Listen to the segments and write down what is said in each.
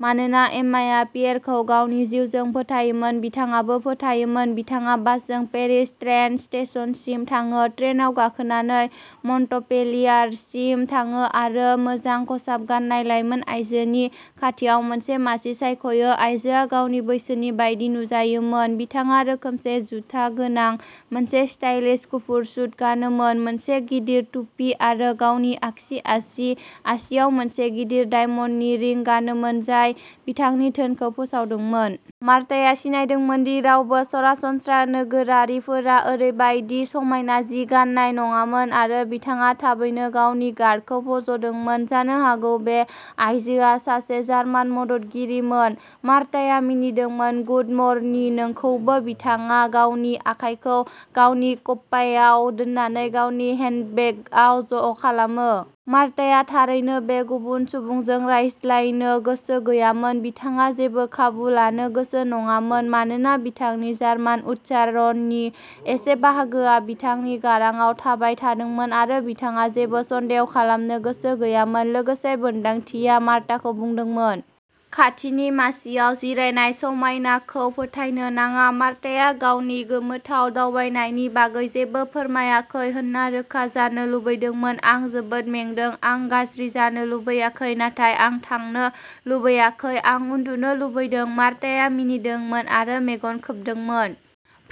मानोना एम्माया पियेरखौ गावनि जिउजों फोथायोमोन, बिथाङाबो फोथायोमोन। बिथाङा बासजों पेरिस ट्रेन स्टेशनसिम थाङो, ट्रेनआव गाखोनानै मन्टपेलियारसिम थाङो, आरो मोजां खसाब गान्नाय लाइमोन आइजोनि खाथियाव मोनसे मासि सायख'यो। आयजोआ गावनि बैसोनि बायदि नुजायोमोन, बिथाङा रोखोमसे जुथा गोनां मोनसे स्टाइलिश गुफुर सुट गानोमोन, मोनसे गिदिर टुपि, आरो गावनि आगसि आसि आसिआव मोनसे गिदिर डायमन्डनि रिं गानोमोन जाय बिथांनि धोनखौ फोसावदोंमोन। मार्ताया सिनायदोंमोन दि रावबो सरासनस्रा नोगोरारिफोरा ओरैबायदि समायना जि गान्नाय नङामोन, आरो बिथाङा थाबैनो गावनि गार्डखौ फज'दोंमोन। जानो हागौ बे आइजोआ सासे जार्मान मददगिरिमोन। मार्ताया मिनिदोंमोन। "गुड मर्निं, नोंखौबो।" बिथाङा गावनि आखाइखौ गावनि खप्पायाव दोननानै गावनि हेन्डबेगआव ज'खालामो। मार्ताया थारैनो बे गुबुन सुबुंजों रायज्लायनो गोसो गैयामोन। बिथाङा जेबो खाबु लानो गोसो नङामोन मानोना बिथांनि जार्मान उच्चारणनि एसे बाहागोआ बिथांनि गारांआव थाबाय थादोंमोन, आरो बिथाङा जेबो सन्देह खालामनो गोसो गैयामोन। लोगोसे, मोनदांथिया मार्ताखौ बुंदोंमोन। खाथिनि मासिआव जिरायनाय समायनाखौ फोथायनो नाङा। मार्ताया गावनि गोमोथाव दावबायनायनि बागै जेबो फोरमायाखै होनना रोखा जानो लुबैदोंमोन। "आं जोबोद मेंदों। आं गाज्रि जानो लुबैयाखै, नाथाय आं थांनो लुबैयाखै। आं उन्दुनो लुबैदों।" मार्ताया मिनिदोंमोन आरो मेगन खोबदोंमोन।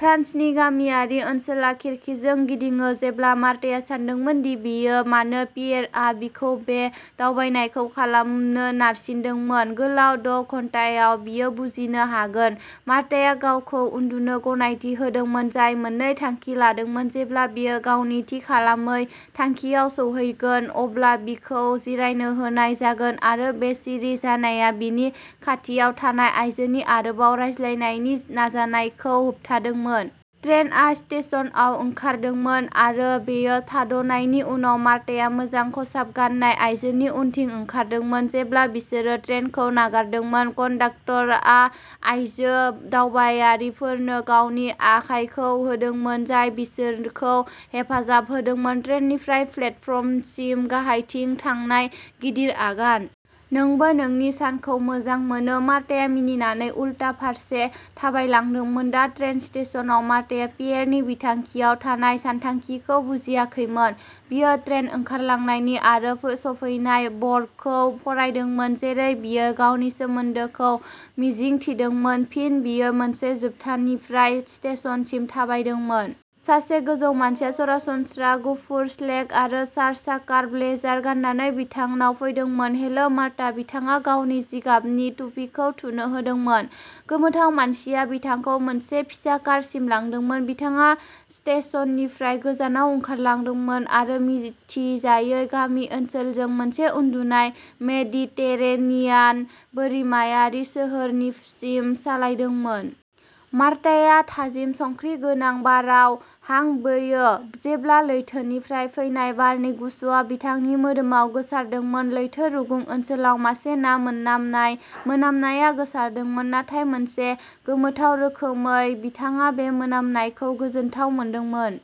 फ्रान्सनि गामियारि ओनसोला खिरखिजों गिदिङो जेब्ला मार्ताया सानदोंमोन दि बियो मानो पियेरआ बिखौ बे दावबायनायखौ खालामनो नारसिनदोंमोन। गोलाव द'घन्टायाव, बियो बुजिनो हागोन। मार्ताया गावखौ उन्दुनो गनायथि होदोंमोन जाय मोननै थांखि लादोंमोन। जेब्ला बियो गावनि थि खालामै थांखिआव सौहैगोन अब्ला बिखौ जिरायनो होनाय जागोन, आरो बे सिरि जानाया बिनि खाथियाव थानाय आइजोनि आरोबाव रायज्लायनायनि नाजानायखौ होबथादोंमोन। ट्रेनआ स्टेशनआव ओंखारदोंमोन, आरो बेयो थाद'नायनि उनाव, मार्ताया मोजां खसाब गान्नाय आइजोनि उनथिं ओंखारदोंमोन। जेब्ला बिसोरो ट्रेनखौ नागारदोंमोन, कन्डाकटारा आयजो दावबायारिफोरनो गावनि आखायखौ होदोंमोन, जाय बिसोरखौ हेफाजाब होदोंमोन। ट्रेननिफ्राय प्लेटफर्मसिम गाहायथिं थांनाय गिदिर आगान। "नोंबो नोंनि सानखौ मोजां मोनो।" मार्ताया मिनिनानै उलथा फारसे थाबायलांदोंमोन। दा ट्रेन स्टेशनआव मार्ताया पियेरनि बिथांखियाव थानाय सानथांखिखौ बुजियाखैमोन। बियो ट्रेन ओंखारलांनायनि आरो सफैनाय बर्डखौ फरायदोंमोन, जेरै बियो गावनि सोमोन्दोखौ मिजिं थिदोंमोन। फिन बियो मोनसे जोबथानिफ्राय स्टेशनसिम थाबायदोंमोन। सासे गोजौ मानसिया सरासनस्रा गुफुर स्लेक आरो सार्च-साकार ब्लेजार गाननानै बिथांनाव फैदोंमोन। "Hello, Marta." बिथाङा गावनि जिगाबनि टुपिखौ थुनो होदोंमोन। गोमोथाव मानसिया बिथांखौ मोनसे फिसा कारसिम लांदोंमोन। बिथाङा स्टेशननिफ्राय गोजानाव ओंखारलांदोंमोन आरो मिथिजायै गामि ओनसोलजों मोनसे उन्दुनाय मेडिटेरेनियान बोरिमायारि सोहोरनिसिम सालायदोंमोन। मार्ताया थाजिम संख्रि गोनां बाराव हां बोयो जेब्ला लैथोनिफ्राय फैनाय बारनि गुसुआ बिथांनि मोदोमाव गोसारदोंमोन। लैथो रुगुं ओनसोलाव मासे ना मोनामनाय मोनामनाया गोसारदोंमोन, नाथाय मोनसे गोमोथाव रोखोमै, बिथाङा बे मोनामनायखौ गोजोनथाव मोनदोंमोन।